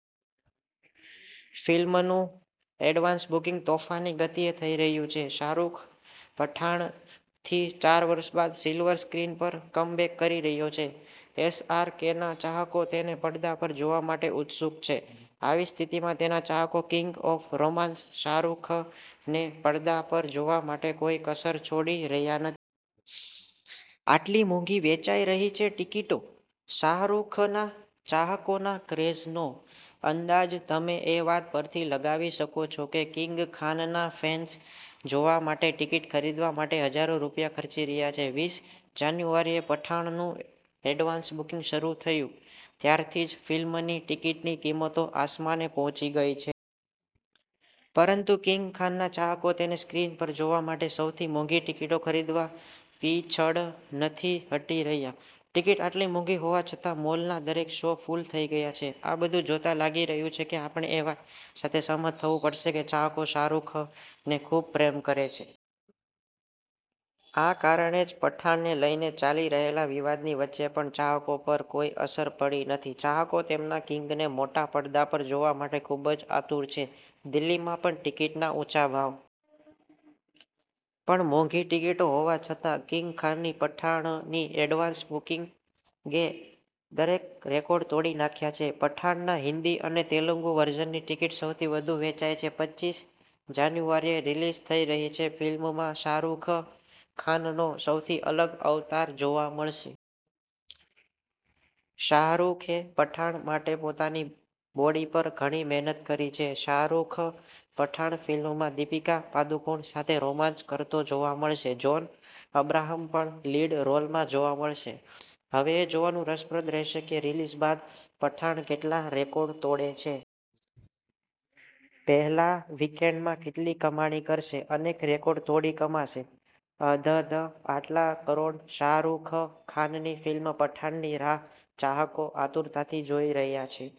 ફિલ્મનું advance booking તોફાની ગતિએ થઇ રહ્યું છે. શાહરૂખ પઠાણથી ચાર વર્ષ બાદ સિલ્વર સ્ક્રીન પર કમબેક કરી રહ્યો છે. એસ આર કેના ચાહકો તેને પડદા પર જોવા માટે ઉત્સુક છે. આવી સ્થિતિમાં તેના ચાહકો કિંગ ઓફ રોમાન્સ શાહરૂખને પડદા પર જોવા માટે કોઈ કસર છોડી રહ્યા નથી. આટલી મોંઘી વેચાઈ રહી છે ટિકિટો શાહરૂખના ચાહકોના ક્રેઝનો અંદાજ તમે એ વાત પરથી લગાવી શકો છો કે કિંગ ખાનના ફેન્સ જોવા માટે ટિકિટ ખરીદવા માટે હજારો રૂપિયા ખર્ચી રહ્યા છે.વીસ જાન્યુઆરીએ પઠાણનું એડવાન્સ બુકિંગ શરૂ થયું ત્યારથી જ ફિલ્મની ટિકિટની કિંમતો આસમાને પહોંચી ગઈ છે. પરંતુ કિંગ ખાનના ચાહકો તેને સ્ક્રીન પર જોવા માટે સૌથી મોંઘી ટિકિટો ખરીદવા પીછડ નથી હટી રહ્યા. ટિકિટ આટલી મોંઘી હોવા છતાં મોલના દરેક શો ફુલ થઈ ગયા છે. આ બધું જોતા લાગી રહ્યું છે કે, આપણે એ વાત સાથે સહમત થવું પડશે કે ચાહકો શાહરૂખને ખુબ પ્રેમ કરે છે. આ કારણે જ પઠાણને લઈને ચાલી રહેલા વિવાદની વચ્ચે પણ ચાહકો પર કોઈ અસર પડી નથી. ચાહકો તેમના કિંગને મોટા પડદા પર જોવા માટે ખુબ જ આતુર છે. દિલ્હીમાં પણ ટિકિટના ઊંચા ભાવ! પણ મોંઘી ટિકિટો હોવા છતાં કિંગખાનની પઠાણની એડવાન્સ બુકિંગે દરેક રેકોર્ડ તોડી નાખ્યા છે. 'પઠાણ'ના હિન્દી અને તેલુગુ વર્ઝનની ટિકિટ સૌથી વધુ વેચાઈ છે. પચીસ જાન્યુઆરીએ રિલીઝ થઈ રહી છે. ફિલ્મમાં શાહરૂખ ખાનનો સૌથી અલગ અવતાર જોવા મળશે. શાહરુખે પઠાણ માટે પોતાની બોડી પર ઘણી મહેનત કરી છે. શાહરૂખ પઠાણ ફિલ્મમાં દીપિકા પાદુકોણ સાથે રોમાન્સ કરતો જોવા મળશે. જોન અબ્રાહમ પણ લીડ રોલમાં જોવા મળશે. હવે એ જોવાનું રસપ્રદ રહેશે કે રિલીઝ બાદ પઠાણ કેટલા રેકોર્ડ તોડે છે. પહેલા વિકેન્ડમાં કેટલી કમાણી કરશે? અનેક રેકોર્ડ તોડી કમાશે અધધ આટલા કરોડ: શાહરૂખ ખાનની ફિલ્મ 'પઠાણ' ની રાહ ચાહકો આતુરતાથી જોઈ રહ્યા છે.